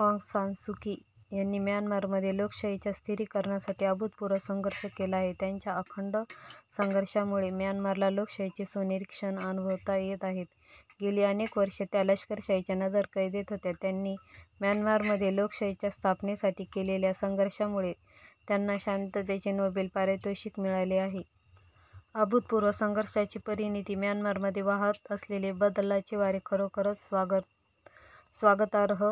आँग San Suu Kyi यांनी म्यानमारमध्ये लोकशाहीच्या स्थिरीकरणासाठी अभूतपूर्व संघर्ष केला आहे. त्यांच्या अखंड संघर्षामुळे म्यानमारला लोकशाहीचे सोनेरी क्षण अनुभवता येत आहेत. गेली अनेक वर्षे त्या लष्करशाहीच्या नजरकैदेत होत्या. त्यांनी म्यानमारमध्ये लोकशाहीच्या स्थापनेसाठी केलेल्या संघर्षामुळे त्यांना शांततेचे नोबेल पारितोषिक मिळाले आहे. अभूतपूर्व संघर्षाची परिणती म्यानमारमध्ये वाहत असलेले बदलाचे वारे खरोखरच स्वागतार्ह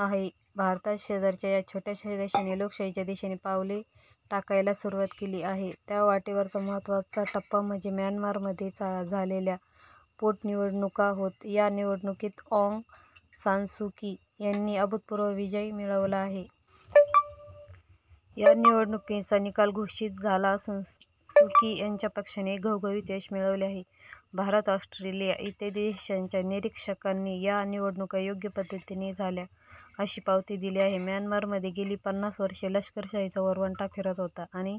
आहे. भारताच्या शेजारच्या या छोट्याशा देशाने लोकशाहीच्या दिशेने पावले टाकायला सुरूवात केली आहे. त्या वाटेवरचा महत्वाचा टप्पा म्हणजे म्यानमारमध्ये झालेल्या पोटनिवडणुका होत. या निवडणुकीत आँग सान सू की यांनी अभूतपूर्व विजय मिळविला आहे. या निवडणुकींचा निकाल घोषित झाला असून सू की यांच्या पक्षाने घवघवीत यश मिळविले आहे. भारत, ऑस्ट्रेलिया इत्यादी देशांच्या निरीक्षकांनी या निवडणुका योग्य पद्धतीने झाल्या, अशी पावती दिली आहे. म्यानमारमध्ये गेली पन्नास वर्षे लष्करशाहीचा वरवंटा फिरत होता आणि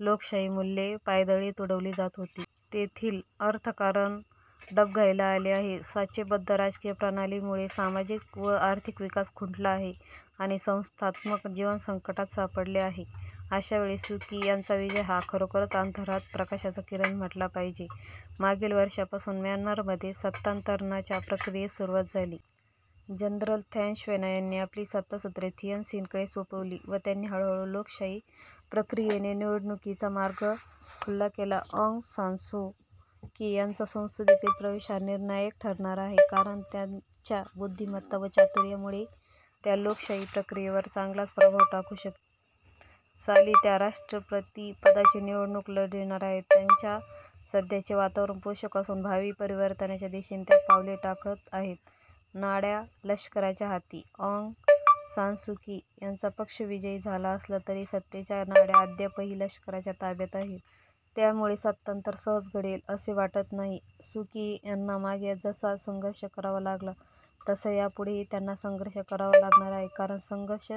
लोकशाही मूल्ये पायदळी तुडविली जात होती. तेथील अर्थकारण डबघाईला आले आहे. साचेबद्ध राजकीय प्रणालीमुळे सामाजिक व आर्थिक विकास खुंटला आहे आणि संस्थात्मक जीवन संकटात सापडले आहे. अशावेळी सू की यांचा विजय हा खरोखरच अंधारात प्रकाशाचा किरण म्हटला पाहिजे. मागील वर्षापासून म्यानमारमध्ये सत्तांतरणाच्या प्रक्रियेस सुरूवात झाली. जनरल थॅन श्वेना यांनी आपली सत्तासूत्रे थिएन सिनकडे सोपविली व त्यांनी हळू-हळू लोकशाही प्रक्रियेने निवडणुकांचा मार्ग खुला केला. आँग सान सू की यांचा संसदेतील प्रवेश हा निर्णायक ठरणारा आहे. कारण त्यांच्या बुद्धिमत्ता व चातुर्यामुळे त्या लोकशाही प्रक्रियेवर चांगलाच प्रभाव टाकू शकतील. साली त्या राष्ट्रपतीपदाची निवडणूक लढविणार आहेत. त्यांना सध्याचे वातावरण पोषक असून भावी परिवर्तनाच्या दिशेने त्या पावले टाकत आहेत. नाड्या लष्कराच्या हाती आँग सान सू की यांचा पक्ष विजयी झाला असला तरी सत्तेच्या नाड्या अद्यापही लष्कराच्या ताब्यात आहेत. त्यामुळे सत्तांतर सहज घडेल असे वाटत नाही. सू की यांना मागे जसा संघर्ष करावा लागला तसा यापुढेही त्यांना संघर्ष करावा लागणार आहे. कारण संघर्ष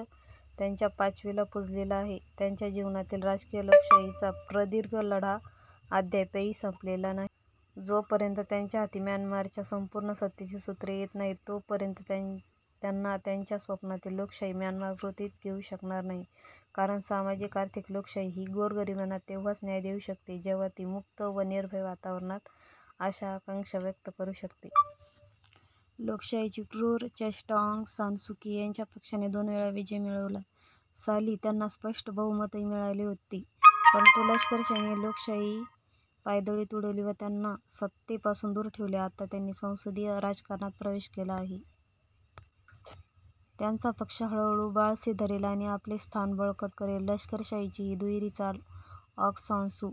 त्यांच्या पाचवीला पूजलेला आहे. त्यांच्या जीवनातील राजकीय लोकशाहीचा प्रदीर्घ लढा अद्यापही संपलेला नाही. जोपर्यंत त्यांच्या हाती म्यानमारच्या संपूर्ण सत्तेची सूत्रे येत नाहीत तोपर्यंत त्यांना त्यांच्या स्वप्नातील लोकशाही म्यानमार कृतीत येऊ शकणार नाही. कारण सामाजिक, आर्थिक, लोकशाही ही गोरगरिबांना तेव्हाच न्याय देऊ शकते जेव्हा ती मुक्त व निर्भय वातावरणात आशा आकांक्षा व्यक्त करू शकते. लोकशाहीची क्रूर चेष्टा आँग सान सू की यांच्या पक्षाने दोन वेळा विजय मिळविला. साली त्यांना स्पष्ट बहुमतही मिळाले होते. परंतु लष्करशाहीने लोकशाही पायदळी तुडविली व त्यांना सत्तेपासून दूर ठेवले. आता त्यांनी संसदीय राजकारणात प्रवेश केला आहे. त्यांचा पक्ष हळूहळू बाळसे धरेल आणि आपले स्थान बळकट करेल. लष्करशाहीची ही दुहेरी चाल आहे. ऑग सान सू